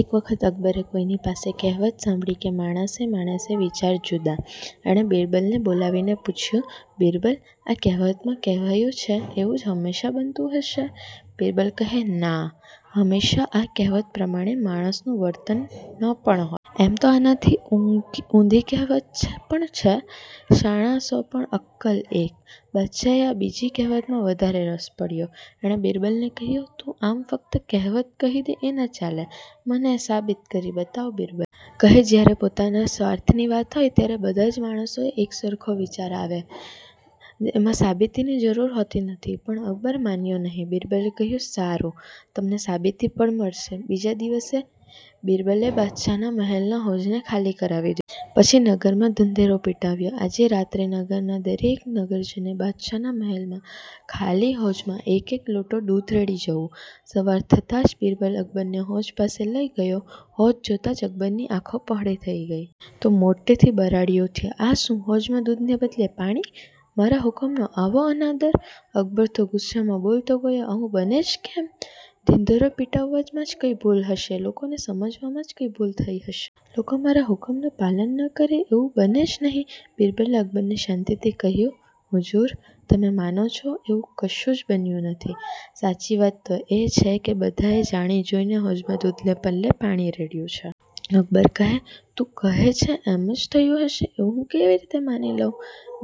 એક વખત અકબરે કોઈની પાસે કહેવત સાંભળી કે માણસે માણસે વિચાર જુદા. એણે બીરબલને બોલાવીને પૂછયું, બીરબલ, આ કહેવતમાં કહેવાયું છે એવું જ હમેશાં બનતું હશે? બીરબલ કહે, ના હમેશાં આ કહેવત પ્રમાણે માણસનું વર્તન ન પણ હોય. એમ તો આનાથી ઊંખી ઊંધી કહેવત છે પણ છે – શાણા સો પણ અક્કલ એક. બાદશાહએ આ બીજી કહેવતમાં વધારે રસ પડયો. એણે બીરબલને કહ્યું, તું આમ ફકત કહેવત કહી દે એ ન ચાલે. મને એ સાબિત કરી બતાવ. બીરબલ કહે, જ્યારે પોતાના સ્વાર્થની વાત હોય ત્યારે બધાજ માણસોને એક સરખો વિચાર આવે છે. ને એમાં સાબિતીની જરૂર હોતી નથી. પણ અકબર માન્યો નહીં. બીરબલે કહ્યું, સારું, તમને સાબિતી પણ મળશે. બીજા દિલસે બીરબલે બાદશાહના મહેલના હોજને ખાલી કરાવી દી પછી નગરમાં ઢંઢેરો પિટાવ્યો, આજે રાત્રે નગરના દરેક નગરજને બાદશાહના મહેલના ખાલી હોજમાં એક-એક લોટો દૂધ રેડી જવું. સવાર થતાં જ બીરબલ અકબરને હોજ પાસે લઈ ગયો. હોજ જોતાં જ અકબરની આંખો પહોળી થઈ ગઈ. તો મોટેથી બરાડી ઊઠ્યો, આ શું, હોજમાં દૂધને બદલે પાણી! મારા હુકમનો આવો અનાદર! અકબર તો ગુસ્સામાં બોલતો ગયો આવું બને જ કેમ? ઢીઢેરો પિટવવામાં જ કંઈ ભૂલ થઈ હશે! લોકોને સમજવામાં કંઈ ભૂલ થઈ હશે! લોકો મારા હુકમનું પાલન ન કરે એવું બને જ નહિ? બીરબલે અકબરને શાંતિથી કહ્યું, હજૂર, તમે માનો છો એવું કશું જ બન્યું નથી. સાચી વાત તો એ છે કે બધાએ જાણી જોઈને હોજમાં દૂધને બદલે પાણી રેડ્યું છે. અકબર કહે, તું કહે છે એમ જ થયું હશે એવું હું કેવી રીતે માની લઉં?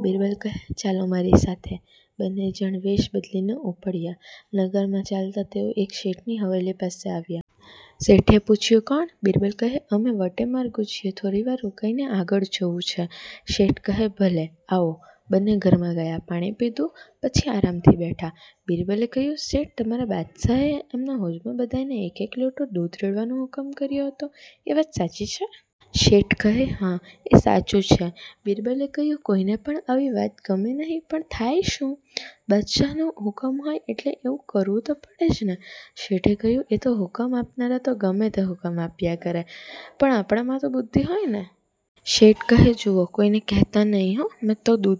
બીરબલ કહે, ચાલો મારી સાથે. બંને જણ વેશ બદલીને ઊપડ્યા. નગરમાં ચાલતાં તેઓ એક શેઠની હવેલી પાસે આવ્યા. શેઠે પૂછયું, કોણ? બીરબલ કહે, અમે વટેમાર્ગુ છીએ. થોડીવાર રોકાઈને આગળ જવું છે. શેઠ કહે, ભલે, આવો. બંને ઘરમાં ગયા. પાણી પીધું. પછી આરામથી બેઠા. બીરબલે કહ્યું, શેઠ! તમારા બાદશાહે એમના હોજમાં બધાયને એક –એક લોટો દૂધ રેડવાનો હુકમ કર્યો હતો એ વાત સાચી છે? શેઠ કહે, હા, એ સાચું છે. બીરબલે કહ્યું, કોઈને પણ આવી વાત ગમે નહીં પણ થાય શું? બાદશાહનો હુકમ હોય એટલે એવું કરવું તો પડે જ ને? શેઠે કહ્યું, એ તો હુકમ આપનારા તો ગમે તે હુકમ આપ્યા કરે પણ આપણામાં તો બુદ્ધિ હોય ને? શેઠ કહે, જુઓ! કોઈને કહેતા નહીં, હોં. મેં તો દૂધ